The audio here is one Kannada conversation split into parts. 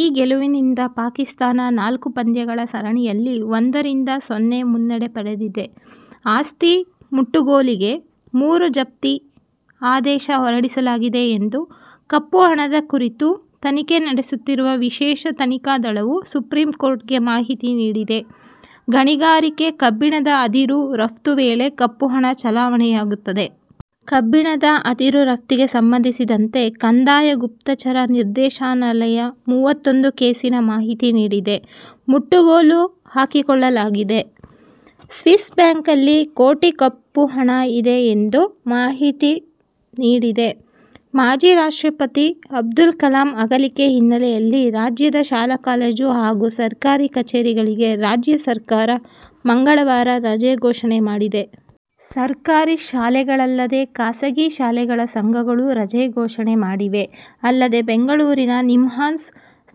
ಈ ಗೆಲುವಿನಿಂದ ಪಾಕಿಸ್ಥಾನ ನಾಲ್ಕು ಪಂದ್ಯಗಳ ಸರಣಿಯಲ್ಲಿ ಒಂದ ರಿಂದ ಸೊನ್ನೆ ಮುನ್ನಡೆ ಪಡೆದಿದೆ. ಆಸ್ತಿ ಮುಟ್ಟುಗೋಲಿಗೆ ಮೂರು ಜಪ್ತಿ ಆದೇಶ ಹೊರಡಿಸಲಾಗಿದೆ ಎಂದು ಕಪ್ಪುಹಣದ ಕುರಿತು ತನಿಖೆ ನಡೆಸುತ್ತಿರುವ ವಿಶೇಷ ತನಿಖಾ ದಳವು, ಸುಪ್ರೀಂಕೋರ್ಟ್ಗೆ ಮಾಹಿತಿ ನೀಡಿದೆ. ಗಣಿಗಾರಿಕೆ, ಕಬ್ಬಿಣದ ಅದಿರು ರಫ್ತು ವೇಳೆ ಕಪ್ಪುಹಣ ಚಲಾವಣೆಯಾಗುತ್ತದೆ. ಕಬ್ಬಿಣದ ಅದಿರು ರಫ್ತಿಗೆ ಸಂಬಂಧಿಸಿದಂತೆ ಕಂದಾಯ ಗುಪ್ತಚರ ನಿರ್ದೇಶನಾಲಯ ಮೂವತ್ತೊಂದು ಕೇಸಿನ ಮಾಹಿತಿ ನೀಡಿದೆ. ಮುಟ್ಟುಗೋಲು ಹಾಕಿಕೊಳ್ಳಲಾಗಿದೆ. ಸ್ವಿಸ್ ಬ್ಯಾಂಕಲ್ಲಿ ಕೋಟಿ ಕಪ್ಪು ಹಣ ಇದೆ ಎಂದು ಎಂದು ಮಾಹಿತಿ ನೀಡಿದೆ. ಮಾಜಿ ರಾಷ್ಟ್ರಪತಿ ಅಬ್ದುಲ್ ಕಲಾಂ ಅಗಲಿಕೆ ಹಿನ್ನೆಲೆಯಲ್ಲಿ ರಾಜ್ಯದ ಶಾಲಾ-ಕಾಲೇಜು ಹಾಗೂ ಸರ್ಕಾರಿ ಕಚೇರಿಗಳಿಗೆ ರಾಜ್ಯ ಸರ್ಕಾರ ಮಂಗಳವಾರ ರಜೆ ಘೋಷಣೆ ಮಾಡಿದೆ. ಸರ್ಕಾರಿ ಶಾಲೆಗಳಲ್ಲದೇ ಖಾಸಗಿ ಶಾಲೆಗಳ ಸಂಘಗಳೂ ರಜೆ ಘೋಷಣೆ ಮಾಡಿವೆ. ಅಲ್ಲದೇ ಬೆಂಗಳೂರಿನ ನಿಮ್ಹಾನ್ಸ್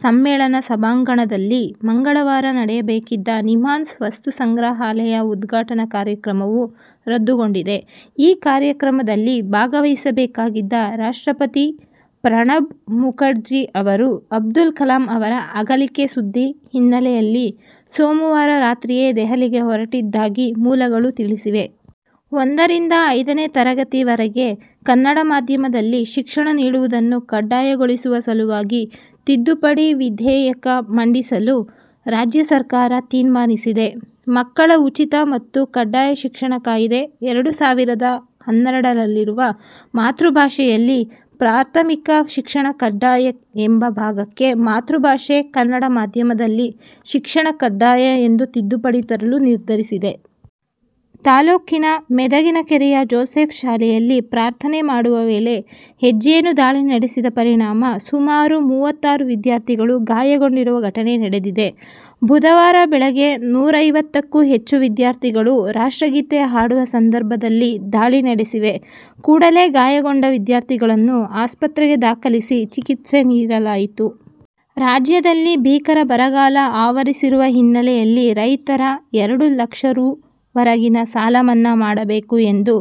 ಸಮ್ಮೇಳನ ಸಭಾಂಗಣದಲ್ಲಿ ಮಂಗಳವಾರ ನಡೆಯಬೇಕಿದ್ದ ನಿಮ್ಹಾನ್ಸ್ ವಸ್ತು ಸಂಗ್ರಹಾಲಯ ಉದ್ಘಾಟನಾ ಕಾರ್ಯಕ್ರಮವು ರದ್ದುಗೊಂಡಿದೆ. ಈ ಕಾರ್ಯಕ್ರಮದಲ್ಲಿ ಭಾಗವಹಿಸಬೇಕಾಗಿದ್ದ ರಾಷ್ಟ್ರಪತಿ ಪ್ರಣಬ್ ಮುಖರ್ಜಿ ಅವರು ಅಬ್ದುಲ್ ಕಲಾಂ ಅವರ ಅಗಲಿಕೆ ಸುದ್ದಿ ಹಿನ್ನೆಲೆಯಲ್ಲಿ ಸೋಮವಾರ ರಾತ್ರಿಯೇ ದೆಹಲಿಗೆ ಹೊರಟಿದ್ದಾಗಿ ಮೂಲಗಳು ತಿಳಿಸಿವೆ. ಒಂದ ರಿಂದ ಐದನೇ ತರಗತಿವರೆಗೆ ಕನ್ನಡ ಮಾಧ್ಯಮದಲ್ಲಿ ಶಿಕ್ಷಣ ನೀಡುವುದನ್ನು ಕಡ್ಡಾಯಗೊಳಿಸುವ ಸಲುವಾಗಿ ತಿದ್ದುಪಡಿ ವಿಧೇಯಕ ಮಂಡಿಸಲು ರಾಜ್ಯ ಸರ್ಕಾರ ತೀರ್ಮಾನಿಸಿದೆ. ಮಕ್ಕಳ ಉಚಿತ ಮತ್ತು ಕಡ್ಡಾಯ ಶಿಕ್ಷಣ ಕಾಯ್ದೆ- ಎರಡು ಸಾವಿರದ ಹನ್ನೆರಡರಲ್ಲಿರುವ ಮಾತೃಭಾಷೆಯಲ್ಲಿ ಪ್ರಾಥಮಿಕ ಶಿಕ್ಷಣ ಕಡ್ಡಾಯ ಎಂಬ ಭಾಗಕ್ಕೆ ಮಾತೃಭಾಷೆ ಕನ್ನಡ ಮಾಧ್ಯಮದಲ್ಲಿ ಶಿಕ್ಷಣ ಕಡ್ಡಾಯ ಎಂದು ತಿದ್ದುಪಡಿ ತರಲು ನಿರ್ಧರಿಸಿದೆ. ತಾಲೂಕಿನ ಮೆದಗಿನಕೆರೆಯ ಜೋಸೆಫ್ ಶಾಲೆಯಲ್ಲಿ ಪ್ರಾರ್ಥನೆ ಮಾಡುವ ವೇಳೆ ಹೆಜ್ಜೆನು ದಾಳಿ ನಡೆಸಿದ ಪರಿಣಾಮ ಸುಮಾರು ಮೂವತ್ತಾರು ವಿದ್ಯಾರ್ಥಿಗಳು ಗಾಯಗೊಂಡಿರುವ ಘಟನೆ ನಡೆದಿದೆ. ಬುಧವಾರ ಬೆಳಗ್ಗೆ ನೂರೈವತ್ತುಕ್ಕೂ ಹೆಚ್ಚು ವಿದ್ಯಾರ್ಥಿಗಳು ರಾಷ್ಟ್ರಗೀತೆ ಹಾಡುವ ಸಂದರ್ಭದಲ್ಲಿ ದಾಳಿ ನಡೆಸಿವೆ. ಕೂಡಲೇ ಗಾಯಗೊಂಡ ವಿದ್ಯಾರ್ಥಿಗಳನ್ನು ಆಸ್ಪತ್ರೆಗೆ ದಾಖಲಿಸಿ ಚಿಕಿತ್ಸೆ ನೀಡಲಾಯಿತು. ರಾಜ್ಯದಲ್ಲಿ ಭೀಕರ ಬರಗಾಲ ಆವರಿಸಿರುವ ಹಿನ್ನೆಲೆಯಲ್ಲಿ ರೈತರ ಎರಡು ಲಕ್ಷ ರೂ. ವರೆಗಿನ ಸಾಲ ಮನ್ನಾ ಮಾಡಬೇಕು ಎಂದು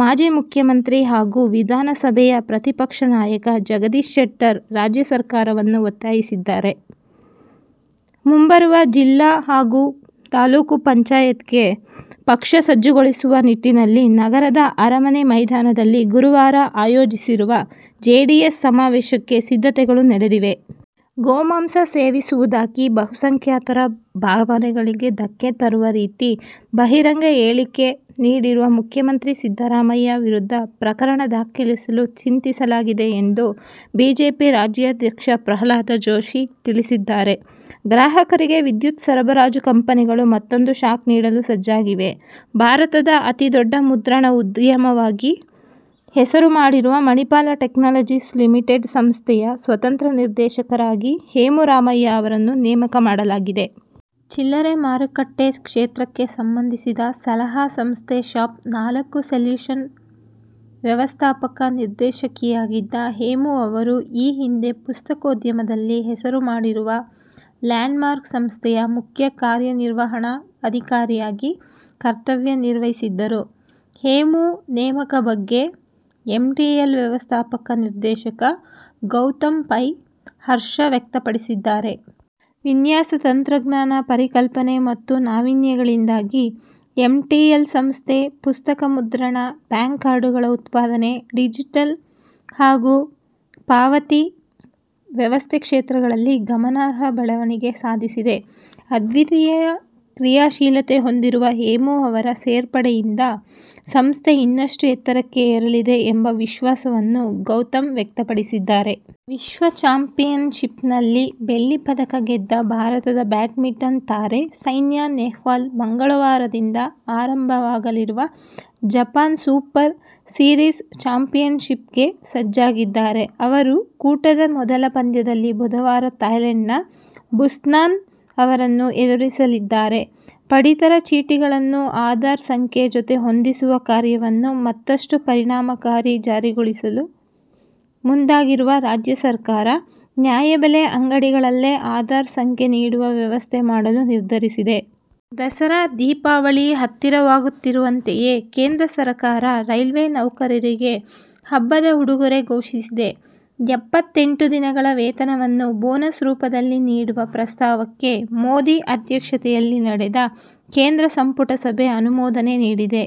ಮಾಜಿ ಮುಖ್ಯಮಂತ್ರಿ ಹಾಗೂ ವಿಧಾನಸಭೆಯ ಪ್ರತಿಪಕ್ಷ ನಾಯಕ ಜಗದೀಶ್ ಶೆಟ್ಟರ್ ರಾಜ್ಯ ಸರ್ಕಾರವನ್ನು ಒತ್ತಾಯಿಸಿದ್ದಾರೆ. ಮುಂಬರುವ ಜಿಲ್ಲಾ ಹಾಗೂ ತಾಲೂಕು ಪಂಚಾಯತ್ಗೆ ಪಕ್ಷ ಸಜ್ಜುಗೊಳಿಸುವ ನಿಟ್ಟಿನಲ್ಲಿ ನಗರದ ಅರಮನೆ ಮೈದಾನದಲ್ಲಿ ಗುರುವಾರ ಆಯೋಜಿಸಿರುವ ಜೆಡಿಎಸ್ ಸಮಾವೇಶಕ್ಕೆ ಸಿದ್ಧತೆಗಳು ನಡೆದಿವೆ. ಗೋಮಾಂಸ ಸೇವಿಸುವುದಾಗಿ ಬಹುಸಂಖ್ಯಾತರ ಭಾವನೆಗಳಿಗೆ ಧಕ್ಕೆ ತರುವ ರೀತಿ ಬಹಿರಂಗ ಹೇಳಿಕೆ ನೀಡಿರುವ ಮುಖ್ಯಮಂತ್ರಿ ಸಿದ್ಧರಾಮಯ್ಯ ವಿರುದ್ಧ ಪ್ರಕರಣ ದಾಖಲಿಸಲು ಚಿಂತಿಸಲಾಗಿದೆ ಎಂದು ಬಿಜೆಪಿ ರಾಜ್ಯಾಧ್ಯಕ್ಷ ಪ್ರಹ್ಲಾದ ಜೋಶಿ ತಿಳಿಸಿದ್ದಾರೆ. ಗ್ರಾಹಕರಿಗೆ ವಿದ್ಯುತ್ ಸರಬರಾಜು ಕಂಪನಿ ಗಳು ಮತ್ತೊಂದು ಶಾಕ್ ನೀಡಲು ಸಜ್ಜಾಗಿವೆ. ಭಾರತದ ಅತಿ ದೊಡ್ಡ ಮುದ್ರಣ ಉದ್ಯಮವಾಗಿ ಹೆಸರು ಮಾಡಿರುವ ಮಣಿಪಾಲ ಟೆಕ್ನಾಲಜೀಸ್ ಲಿಮಿಟೆಡ್ ಸಂಸ್ಥೆಯ ಸ್ವತಂತ್ರ ನಿರ್ದೇಶಕರಾಗಿ ಹೇಮು ರಾಮಯ್ಯ ಅವರನ್ನು ನೇಮಕ ಮಾಡಲಾಗಿದೆ. ಚಿಲ್ಲರೆ ಮಾರುಕಟ್ಟೆ ಕ್ಷೇತ್ರಕ್ಕೆ ಸಂಬಂಧಿಸಿದ ಸಲಹಾ ಸಂಸ್ಥೆ ಶಾಪ್ ನಾಲ್ಕು ಸೆಲ್ಯೂಷನ್ ವ್ಯವಸ್ಥಾಪಕ ನಿರ್ದೇಶಕಿಯಾಗಿದ್ದ ಹೇಮು ಅವರು, ಈ ಹಿಂದೆ ಪುಸ್ತಕೋದ್ಯಮದಲ್ಲಿ ಹೆಸರು ಮಾಡಿರುವ ಲ್ಯಾಂಡ್ ಮಾರ್ಕ್ ಸಂಸ್ಥೆಯ ಮುಖ್ಯ ಕಾರ್ಯನಿರ್ವಹಣಾ ಅಧಿಕಾರಿಯಾಗಿ ಕರ್ತವ್ಯ ನಿರ್ವಹಿಸಿದ್ದರು. ಹೇಮು ನೇಮಕ ಬಗ್ಗೆ ಎಂಟಿಎಲ್ ವ್ಯವಸ್ಥಾಪಕ ನಿರ್ದೇಶಕ ಗೌತಮ್ ಪೈ ಹರ್ಷ ವ್ಯಕ್ತಪಡಿಸಿದ್ದಾರೆ. ವಿನ್ಯಾಸ, ತಂತ್ರಜ್ಞಾನ, ಪರಿಕಲ್ಪನೆ ಮತ್ತು ನಾವೀನ್ಯಗಳಿಂದಾಗಿ ಎಂಟಿಎಲ್ ಸಂಸ್ಥೆ ಪುಸ್ತಕ ಮುದ್ರಣ, ಬ್ಯಾಂಕ್ ಕಾರ್ಡುಗಳ ಉತ್ಪಾದನೆ, ಡಿಜಿಟಲ್ ಹಾಗೂ ಪಾವತಿ ವ್ಯವಸ್ಥೆ ಕ್ಷೇತ್ರಗಳಲ್ಲಿ ಗಮನಾರ್ಹ ಬೆಳವಣಿಗೆ ಸಾಧಿಸಿದೆ. ಅದ್ವಿತೀಯ ಕ್ರಿಯಾಶೀಲತೆ ಹೊಂದಿರುವ ಹೇಮು ಅವರ ಸೇರ್ಪಡೆಯಿಂದ ಸಂಸ್ಥೆ ಇನ್ನಷ್ಟು ಎತ್ತರಕ್ಕೆ ಏರಲಿದೆ' ಎಂಬ ವಿಶ್ವಾಸವನ್ನು ಗೌತಮ್ ವ್ಯಕ್ತಪಡಿಸಿದ್ದಾರೆ. ವಿಶ್ವ ಚಾಂಪಿಯನ್ಶಿಪ್ನಲ್ಲಿ ಬೆಳ್ಳಿ ಪದಕ ಗೆದ್ದ ಭಾರತದ ಬ್ಯಾಡ್ಮಿಂಟನ್ ತಾರೆ ಸೈನಾ ನೆಹ್ವಾಲ್ ಮಂಗಳವಾರದಿಂದ ಆರಂಭವಾಗಲಿರುವ ಜಪಾನ್ ಸೂಪರ್ ಸೀರೀಸ್ ಚಾಂಪಿಯನ್ಶಿಪ್ಗೆ ಸಜ್ಜಾಗಿದ್ದಾರೆ. ಅವರು ಕೂಟದ ಮೊದಲ ಪಂದ್ಯದಲ್ಲಿ ಬುಧವಾರ ಥಾಯ್ಲೆಂಡ್ನ ಬುಸ್ನಾನ್ ಅವರನ್ನು ಎದುರಿಸಲಿದ್ದಾರೆ. ಪಡಿತರ ಚೀಟಿಗಳನ್ನು ಆಧಾರ್ ಸಂಖ್ಯೆ ಜತೆ ಹೊಂದಿಸುವ ಕಾರ್ಯವನ್ನು ಮತ್ತಷ್ಟು ಪರಿಣಾಮಕಾರಿಯಾಗಿ ಜಾರಿಗೊಳಿಸಲು ಮುಂದಾಗಿರುವ ರಾಜ್ಯ ಸರಕಾರ, ನ್ಯಾಯಬೆಲೆ ಅಂಗಡಿಗಳಲ್ಲೇ ಆಧಾರ್ ಸಂಖ್ಯೆ ನೀಡುವ ವ್ಯವಸ್ಥೆ ಮಾಡಲು ನಿರ್ಧರಿಸಿದೆ. ದಸರಾ, ದೀಪಾವಳಿ ಹತ್ತಿರವಾಗುತ್ತಿರುವಂತೆಯೇ ಕೇಂದ್ರ ಸರಕಾರ ರೈಲ್ವೇ ನೌಕರರಿಗೆ ಹಬ್ಬದ ಉಡುಗೊರೆ ಘೋಷಿಸಿದೆ. ಎಪ್ಪತೆಂಟು ದಿನಗಳ ವೇತನವನ್ನು ಬೋನಸ್ ರೂಪದಲ್ಲಿ ನೀಡುವ ಪ್ರಸ್ತಾವಕ್ಕೆ ಮೋದಿ ಅಧ್ಯಕ್ಷತೆಯಲ್ಲಿ ನಡೆದ ಕೇಂದ್ರ ಸಂಪುಟ ಸಭೆ ಅನುಮೋದನೆ ನೀಡಿದೆ.